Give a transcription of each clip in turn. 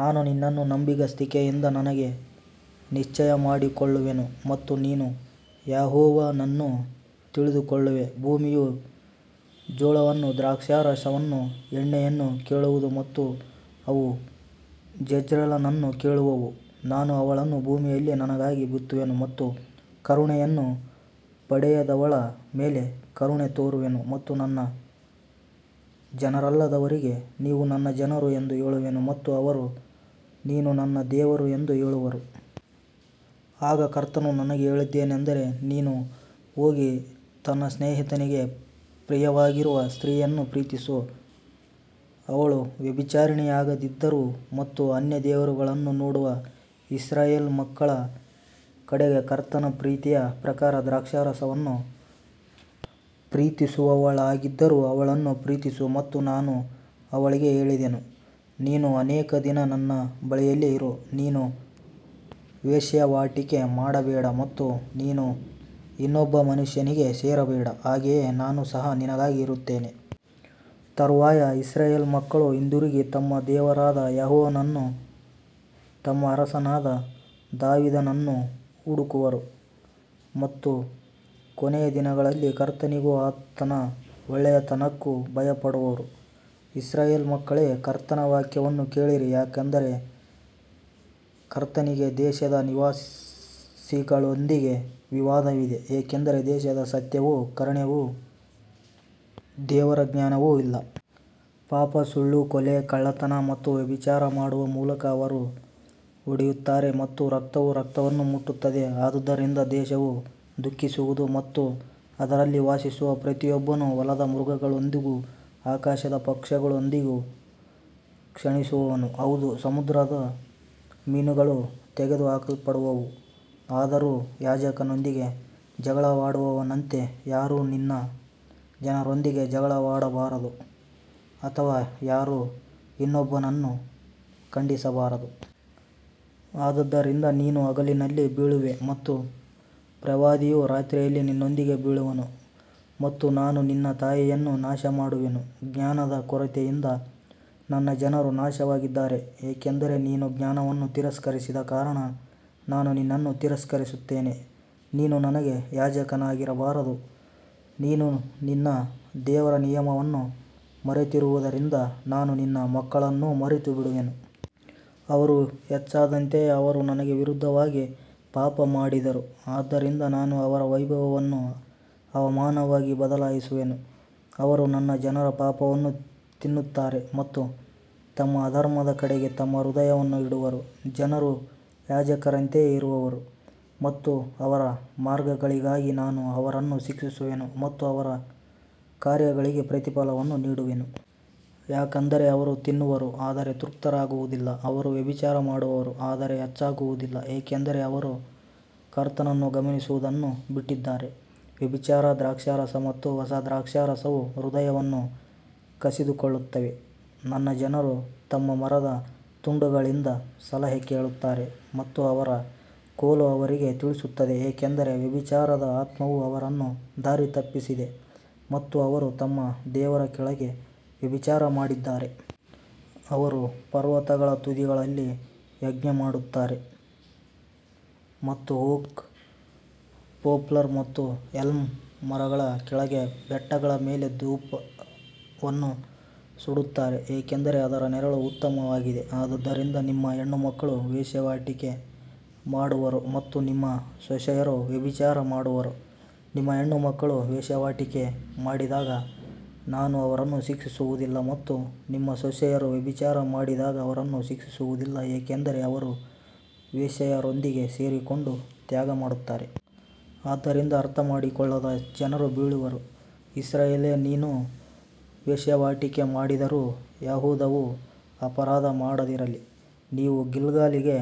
ನಾನು ನಿನ್ನನ್ನು ನಂಬಿಗಸ್ತಿಕೆಯಿಂದ ನನಗೆ ನಿಶ್ಚಯಮಾಡಿಕೊಳ್ಳುವೆನು ಮತ್ತು ನೀನು ಯೆಹೋವನನ್ನು ತಿಳಿದುಕೊಳ್ಳುವೆ. ಭೂಮಿಯು ಜೋಳವನ್ನೂ ದ್ರಾಕ್ಷಾರಸವನ್ನೂ ಎಣ್ಣೆಯನ್ನೂ ಕೇಳುವುದು ಮತ್ತು ಅವು ಜೆಜ್ರೇಲನನ್ನು ಕೇಳುವವು. ನಾನು ಅವಳನ್ನು ಭೂಮಿಯಲ್ಲಿ ನನಗಾಗಿ ಬಿತ್ತುವೆನು ಮತ್ತು ಕರುಣೆಯನ್ನು ಪಡೆಯದವಳ ಮೇಲೆ ಕರುಣೆ ತೋರುವೆನು ಮತ್ತು ನನ್ನ ಜನರಲ್ಲದವರಿಗೆ, ನೀವು ನನ್ನ ಜನರು ಎಂದು ಹೇಳುವೆನು ಮತ್ತು ಅವರು, ನೀನು ನನ್ನ ದೇವರು ಎಂದು ಹೇಳುವರು. ಆಗ ಕರ್ತನು ನನಗೆ ಹೇಳಿದ್ದೇನೆಂದರೆ, ನೀನು ಹೋಗಿ ತನ್ನ ಸ್ನೇಹಿತನಿಗೆ ಪ್ರಿಯವಾಗಿರುವ ಸ್ತ್ರೀಯನ್ನು ಪ್ರೀತಿಸು, ಅವಳು ವ್ಯಭಿಚಾರಿಣಿಯಾಗಿದ್ದರೂ ಮತ್ತು ಅನ್ಯ ದೇವರುಗಳನ್ನು ನೋಡುವ ಇಸ್ರಾಯೇಲ್ ಮಕ್ಕಳ ಕಡೆಗೆ ಕರ್ತನ ಪ್ರೀತಿಯ ಪ್ರಕಾರ ದ್ರಾಕ್ಷಾರಸವನ್ನು ಪ್ರೀತಿಸುವವಳಾಗಿದ್ದರೂ ಅವಳನ್ನು ಪ್ರೀತಿಸು. ಮತ್ತು ನಾನು ಅವಳಿಗೆ ಹೇಳಿದೆನು, ನೀನು ಅನೇಕ ದಿನ ನನ್ನ ಬಳಿಯಲ್ಲಿ ಇರು, ನೀನು ವೇಶ್ಯಾವಾಟಿಕೆ ಮಾಡಬೇಡ ಮತ್ತು ನೀನು ಇನ್ನೊಬ್ಬ ಮನುಷ್ಯನಿಗೆ ಸೇರಬೇಡ, ಹಾಗೆಯೇ ನಾನು ಸಹ ನಿನಗಾಗಿ ಇರುತ್ತೇನೆ. ತರುವಾಯ ಇಸ್ರಾಯೇಲ್ ಮಕ್ಕಳು ಹಿಂದಿರುಗಿ ತಮ್ಮ ದೇವರಾದ ಯೆಹೋವನನ್ನೂ ತಮ್ಮ ಅರಸನಾದ ದಾವೀದನನ್ನೂ ಹುಡುಕುವರು ಮತ್ತು ಕೊನೆಯ ದಿನಗಳಲ್ಲಿ ಕರ್ತನಿಗೂ ಆತನ ಒಳ್ಳೆಯತನಕ್ಕೂ ಭಯಪಡುವರು. ಇಸ್ರಾಯೇಲ್ ಮಕ್ಕಳೇ, ಕರ್ತನ ವಾಕ್ಯವನ್ನು ಕೇಳಿರಿ, ಯಾಕಂದರೆ ಕರ್ತನಿಗೆ ದೇಶದ ನಿವಾಸಿಗಳೊಂದಿಗೆ ವಿವಾದವಿದೆ, ಏಕೆಂದರೆ ದೇಶದಲ್ಲಿ ಸತ್ಯವೂ ಕರುಣೆಯೂ ದೇವರ ಜ್ಞಾನವೂ ಇಲ್ಲ. ಶಾಪ, ಸುಳ್ಳು, ಕೊಲೆ, ಕಳ್ಳತನ ಮತ್ತು ವ್ಯಭಿಚಾರ ಮಾಡುವ ಮೂಲಕ ಅವರು ಒಡೆಯುತ್ತಾರೆ ಮತ್ತು ರಕ್ತವು ರಕ್ತವನ್ನು ಮುಟ್ಟುತ್ತದೆ. ಆದದರಿಂದ ದೇಶವು ದುಃಖಿಸುವುದು ಮತ್ತು ಅದರಲ್ಲಿ ವಾಸಿಸುವ ಪ್ರತಿಯೊಬ್ಬನು ಹೊಲದ ಮೃಗಗಳೊಂದಿಗೂ ಆಕಾಶದ ಪಕ್ಷಿಗಳೊಂದಿಗೂ ಕ್ಷೀಣಿಸುವನು, ಹೌದು, ಸಮುದ್ರದ ಮೀನುಗಳೂ ತೆಗೆದುಹಾಕಲ್ಪಡುವವು. ಆದರೂ ಯಾಜಕನೊಂದಿಗೆ ಜಗಳವಾಡುವವನಂತೆ ಯಾರೂ ನಿನ್ನ ಜನರೊಂದಿಗೆ ಜಗಳವಾಡಬಾರದು ಅಥವಾ ಯಾರೂ ಇನ್ನೊಬ್ಬನನ್ನು ಖಂಡಿಸಬಾರದು. ಆದದರಿಂದ ನೀನು ಹಗಲಿನಲ್ಲಿ ಬೀಳುವೆ ಮತ್ತು ಪ್ರವಾದಿಯೂ ರಾತ್ರಿಯಲ್ಲಿ ನಿನ್ನೊಂದಿಗೆ ಬೀಳುವನು ಮತ್ತು ನಾನು ನಿನ್ನ ತಾಯಿಯನ್ನು ನಾಶಮಾಡುವೆನು. ಜ್ಞಾನದ ಕೊರತೆಯಿಂದ ನನ್ನ ಜನರು ನಾಶವಾಗಿದ್ದಾರೆ, ಏಕೆಂದರೆ ನೀನು ಜ್ಞಾನವನ್ನು ತಿರಸ್ಕರಿಸಿದ ಕಾರಣ ನಾನು ನಿನ್ನನ್ನು ತಿರಸ್ಕರಿಸುತ್ತೇನೆ, ನೀನು ನನಗೆ ಯಾಜಕನಾಗಿರಬಾರದು. ನೀನು ನಿನ್ನ ದೇವರ ನಿಯಮವನ್ನು ಮರೆತಿರುವುದರಿಂದ ನಾನು ನಿನ್ನ ಮಕ್ಕಳನ್ನೂ ಮರೆತುಬಿಡುವೆನು. ಅವರು ಹೆಚ್ಚಾದಂತೆಯೇ ಅವರು ನನಗೆ ವಿರುದ್ಧವಾಗಿ ಪಾಪಮಾಡಿದರು, ಆದ್ದರಿಂದ ನಾನು ಅವರ ವೈಭವವನ್ನು ಅವಮಾನವಾಗಿ ಬದಲಾಯಿಸುವೆನು. ಅವರು ನನ್ನ ಜನರ ಪಾಪವನ್ನು ತಿನ್ನುತ್ತಾರೆ ಮತ್ತು ತಮ್ಮ ಅಧರ್ಮದ ಕಡೆಗೆ ತಮ್ಮ ಹೃದಯವನ್ನು ಇಡುವರು. ಜನರು ಯಾಜಕರಂತೆಯೇ ಇರುವರು ಮತ್ತು ಅವರ ಮಾರ್ಗಗಳಿಗಾಗಿ ನಾನು ಅವರನ್ನು ಶಿಕ್ಷಿಸುವೆನು ಮತ್ತು ಅವರ ಕಾರ್ಯಗಳಿಗೆ ಪ್ರತಿಫಲವನ್ನು ನೀಡುವೆನು. ಯಾಕಂದರೆ ಅವರು ತಿನ್ನುವರು, ಆದರೆ ತೃಪ್ತರಾಗುವುದಿಲ್ಲ. ಅವರು ವ್ಯಭಿಚಾರ ಮಾಡುವರು, ಆದರೆ ಹೆಚ್ಚಾಗುವುದಿಲ್ಲ, ಏಕೆಂದರೆ ಅವರು ಕರ್ತನನ್ನು ಗಮನಿಸುವುದನ್ನು ಬಿಟ್ಟಿದ್ದಾರೆ. ವ್ಯಭಿಚಾರ, ದ್ರಾಕ್ಷಾರಸ ಮತ್ತು ಹೊಸ ದ್ರಾಕ್ಷಾರಸವು ಹೃದಯವನ್ನು ಕಸಿದುಕೊಳ್ಳುತ್ತವೆ. ನನ್ನ ಜನರು ತಮ್ಮ ಮರದ ತುಂಡುಗಳಿಂದ ಸಲಹೆ ಕೇಳುತ್ತಾರೆ ಮತ್ತು ಅವರ ಕೋಲು ಅವರಿಗೆ ತಿಳಿಸುತ್ತದೆ, ಏಕೆಂದರೆ ವ್ಯಭಿಚಾರದ ಆತ್ಮವು ಅವರನ್ನು ದಾರಿತಪ್ಪಿಸಿದೆ ಮತ್ತು ಅವರು ತಮ್ಮ ದೇವರ ಕೆಳಗೆ ವ್ಯಭಿಚಾರ ಮಾಡಿದ್ದಾರೆ. ಅವರು ಪರ್ವತಗಳ ತುದಿಗಳಲ್ಲಿ ಯಜ್ಞಮಾಡುತ್ತಾರೆ ಮತ್ತು ಓಕ್, ಪೋಪ್ಲರ್ ಮತ್ತು ಎಲ್ಮ್ ಮರಗಳ ಕೆಳಗೆ ಬೆಟ್ಟಗಳ ಮೇಲೆ ಧೂಪವನ್ನು ಸುಡುತ್ತಾರೆ, ಏಕೆಂದರೆ ಅದರ ನೆರಳು ಉತ್ತಮವಾಗಿದೆ. ಆದದರಿಂದ ನಿಮ್ಮ ಹೆಣ್ಣುಮಕ್ಕಳು ವೇಶ್ಯಾವಾಟಿಕೆ ಮಾಡುವರು ಮತ್ತು ನಿಮ್ಮ ಸೊಸೆಯರು ವ್ಯಭಿಚಾರ ಮಾಡುವರು. ನಿಮ್ಮ ಹೆಣ್ಣುಮಕ್ಕಳು ವೇಶ್ಯಾವಾಟಿಕೆ ಮಾಡಿದಾಗ ನಾನು ಅವರನ್ನು ಶಿಕ್ಷಿಸುವುದಿಲ್ಲ ಮತ್ತು ನಿಮ್ಮ ಸೊಸೆಯರು ವ್ಯಭಿಚಾರ ಮಾಡಿದಾಗ ಅವರನ್ನು ಶಿಕ್ಷಿಸುವುದಿಲ್ಲ, ಏಕೆಂದರೆ ಅವರು ವೇಶ್ಯೆಯರೊಂದಿಗೆ ಸೇರಿಕೊಂಡು ತ್ಯಾಗಮಾಡುತ್ತಾರೆ. ಆದ್ದರಿಂದ ಅರ್ಥಮಾಡಿಕೊಳ್ಳದ ಜನರು ಬೀಳುವರು. ಇಸ್ರಾಯೇಲೇ, ನೀನು ವೇಶ್ಯಾವಾಟಿಕೆ ಮಾಡಿದರೂ ಯೆಹೂದವು ಅಪರಾಧ ಮಾಡದಿರಲಿ. ನೀವು ಗಿಲ್ಗಾಲಿಗೆ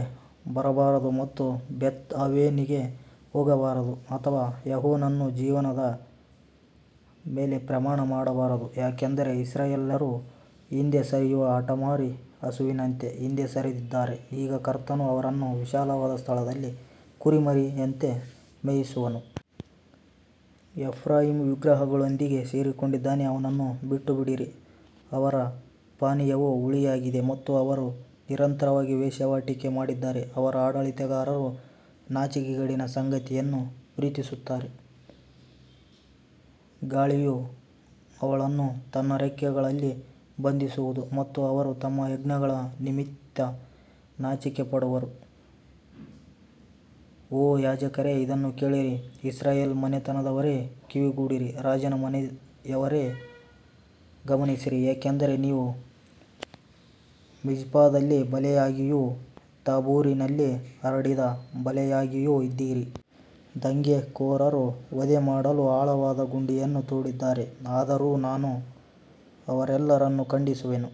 ಬರಬಾರದು ಮತ್ತು ಬೇತ್‌ಆವೆನಿಗೆ ಹೋಗಬಾರದು ಅಥವಾ ಯೆಹೋವನ ಜೀವದ ಮೇಲೆ ಪ್ರಮಾಣ ಮಾಡಬಾರದು. ಯಾಕಂದರೆ ಇಸ್ರಾಯೇಲ್ಯರು ಹಿಂದೆ ಸರಿಯುವ ಹಠಮಾರಿ ಹಸುವಿನಂತೆ ಹಿಂದೆ ಸರಿದಿದ್ದಾರೆ. ಈಗ ಕರ್ತನು ಅವರನ್ನು ವಿಶಾಲವಾದ ಸ್ಥಳದಲ್ಲಿ ಕುರಿಮರಿಯಂತೆ ಮೇಯಿಸುವನು. ಎಫ್ರಾಯೀಮ್ ವಿಗ್ರಹಗಳೊಂದಿಗೆ ಸೇರಿಕೊಂಡಿದ್ದಾನೆ, ಅವನನ್ನು ಬಿಟ್ಟುಬಿಡಿರಿ. ಅವರ ಪಾನೀಯವು ಹುಳಿಯಾಗಿದೆ ಮತ್ತು ಅವರು ನಿರಂತರವಾಗಿ ವೇಶ್ಯಾವಾಟಿಕೆ ಮಾಡಿದ್ದಾರೆ. ಅವರ ಆಡಳಿತಗಾರರು ನಾಚಿಕೆಗೇಡಿನ ಸಂಗತಿಯನ್ನು ಪ್ರೀತಿಸುತ್ತಾರೆ. ಗಾಳಿಯು ಅವಳನ್ನು ತನ್ನ ರೆಕ್ಕೆಗಳಲ್ಲಿ ಬಂಧಿಸುವುದು ಮತ್ತು ಅವರು ತಮ್ಮ ಯಜ್ಞಗಳ ನಿಮಿತ್ತ ನಾಚಿಕೆಪಡುವರು. ಓ ಯಾಜಕರೇ, ಇದನ್ನು ಕೇಳಿರಿ, ಇಸ್ರಾಯೇಲ್ ಮನೆತನದವರೇ, ಕಿವಿಗೊಡಿರಿ, ರಾಜನ ಮನೆಯವರೇ, ಗಮನಿಸಿರಿ, ಏಕೆಂದರೆ ನೀವು ಮಿಜ್ಪಾದಲ್ಲಿ ಬಲೆಯಾಗಿಯೂ ತಾಬೋರಿನಲ್ಲಿ ಹರಡಿದ ಬಲೆಯಾಗಿಯೂ ಇದ್ದೀರಿ. ದಂಗೆಕೋರರು ವಧೆ ಮಾಡಲು ಆಳವಾದ ಗುಂಡಿಯನ್ನು ತೋಡಿದ್ದಾರೆ, ಆದರೂ ನಾನು ಅವರೆಲ್ಲರನ್ನು ಖಂಡಿಸುವೆನು.